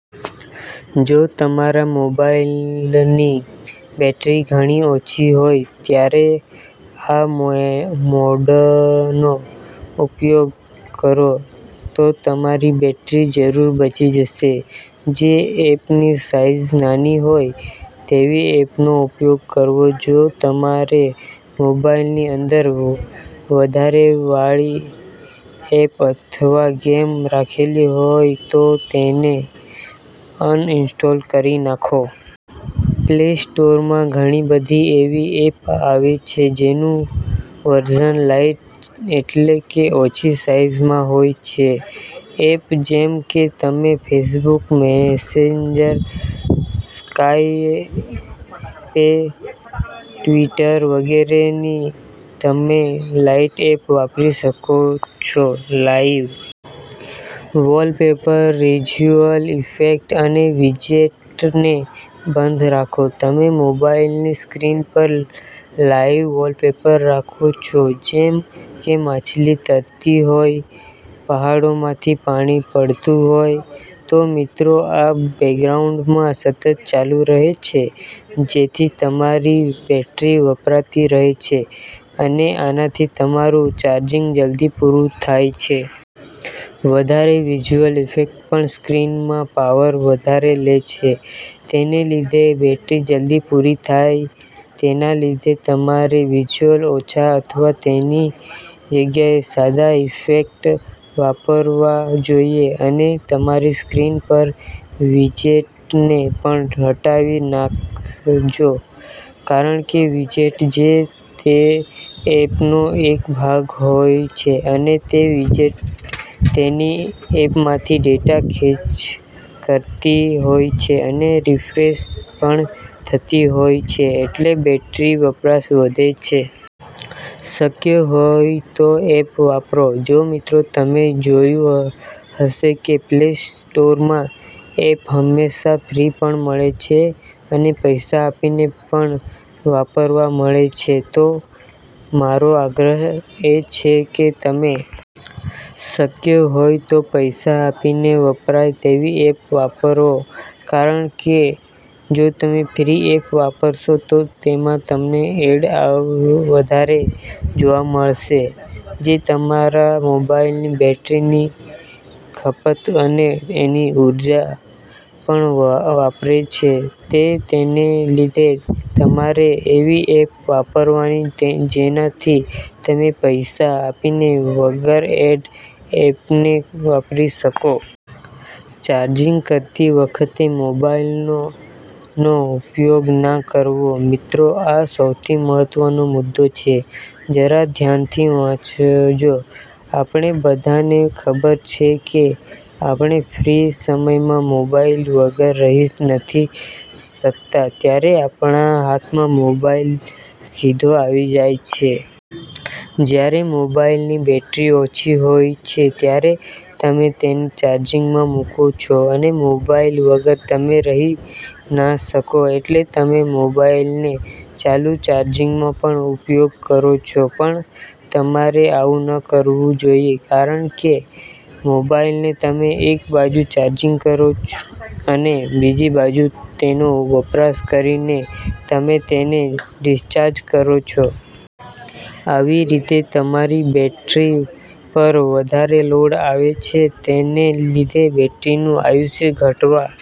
જો તમારા મોબાઈલની બેટરી ઘણી ઓછી હોય ત્યારે આ મોડનો ઉપયોગ કરો તો તમારી બેટરી જરૂર બચી જશે. જે એપની સાઈઝ નાની હોય તેવી એપનો ઉપયોગ કરવો જો તમારે મોબાઈલની અંદર વધારે વાળી એપ અથવા ગેમ રાખેલી હોય તો તેને અન ઇન્સ્ટોલ કરી નાખો. પ્લે સ્ટોરમાં ઘણી બધી એવી એપ આવે છે જેનું વર્ઝન લાઈટ એટલે કે ઓછી સાઈઝમાં હોય છે. એપ જેમ કે તમે ફેસબુક, મેસેન્જર, સ્કાયપે, ટ્વિટર વગેરેની તમે લાઈટ એપ વાપરી શકો છો. લાઈવ વોલપેપર, વિઝયુઅલ ઇફેક્ટ અને વિજેટને બંધ રાખો તમે મોબાઈલની સ્ક્રીન પર લાઈવ વોલપેપર રાખો છો જેમ કે માછલી તરતી હોય, પહાડોમાંથી પાણી પડતું હોય, તો મિત્રો આ બેકગ્રાઉન્ડમાં સતત ચાલુ રહે છે જેથી તમારી બેટરી વપરાતી રહે છે અને આનાથી તમારું ચાર્જિંગ જલ્દી પૂરું થાય છે. વધારે વિઝયુઅલ ઇફેક્ટ પણ સ્ક્રીનમાં પાવર વધારે લે છે તેને લીધે બેટરી જલ્દી પૂરી થાય તેના લીધે તમારે વિઝયુઅલ ઓછા અથવા તેની જગ્યાએ સાદા ઇફેક્ટ વાપરવા જોઈએ અને તમારી સ્ક્રીન પર વિજેટને પણ હટાવી નાખજો કારણ કે વિજેટ જે-તે એપનો એક ભાગ હોય છે અને તે વિજેટ તેની એપમાથી ડેટા ફેચ કરતી હોય છે અને રિફ્રેશ પણ થતી હોય છે એટલે બેટરી વપરાશ વધે છે. શક્ય હોય તો એપ વાપરો. જો મિત્રો તમે જોયું હશે કે પ્લે સ્ટોરમાં એપ હંમેશા ફ્રી પણ મળે છે અને પૈસા આપીને પણ વાપરવા મળે છે તો મારો આગ્રહ એ છે કે તમે શક્ય હોય તો પૈસા આપીને વપરાય તેવી એપ વાપરો કારણ કે જો તમે ફ્રી એપ વાપરશો તો તેમાં તમને એડ વધારે જોવા મળશે જે તમારા મોબાઈલની બેટરીની ખપત અને એની ઉર્જા પણ વાપરે છે તે તેને લીધે તમારે એવી એપ વાપરવાની જેનાથી તમે પૈસા આપીને વગર એડ એપને વાપરી શકો. ચાર્જિંગ કરતી વખતે મોબાઈલ નો ઉપયોગના કરવો મિત્રો આ સૌથી મહત્વનો મુદો છે. જરા ધ્યાનથી વાંચજો. આપણે બધાને ખબર છે કે આપણે ફ્રી સમયમાં મોબાઈલ વગર રહી નથી શકતા ત્યારે આપણા હાથમાં મોબાઈલ સીધો આવી જાય છે. જ્યારે મોબાઇલની બેટરી ઓછી હોય છે ત્યારે તમે તેને ચાર્જિંગમાં મૂકો છો અને મોબાઇલ વગર તમે રહી ના શકો એટલે તમે મોબાઇલને ચાલુ ચાર્જિંગમાં પણ ઉપયોગ કરો છો પણ તમારે આવું ન કરવું જોઈએ કારણ કે મોબાઇલને તમે એક બાજુ ચાર્જિંગ કરો અને બીજી બાજુ તેનો વપરાશ કરીને તમે તેને ડિસ્ચાર્જ કરો છો. આવી રીતે તમારી બેટરી પર વધારે લોડ આવે છે તેને લીધે બેટરીનું આયુષ્ય ઘટવા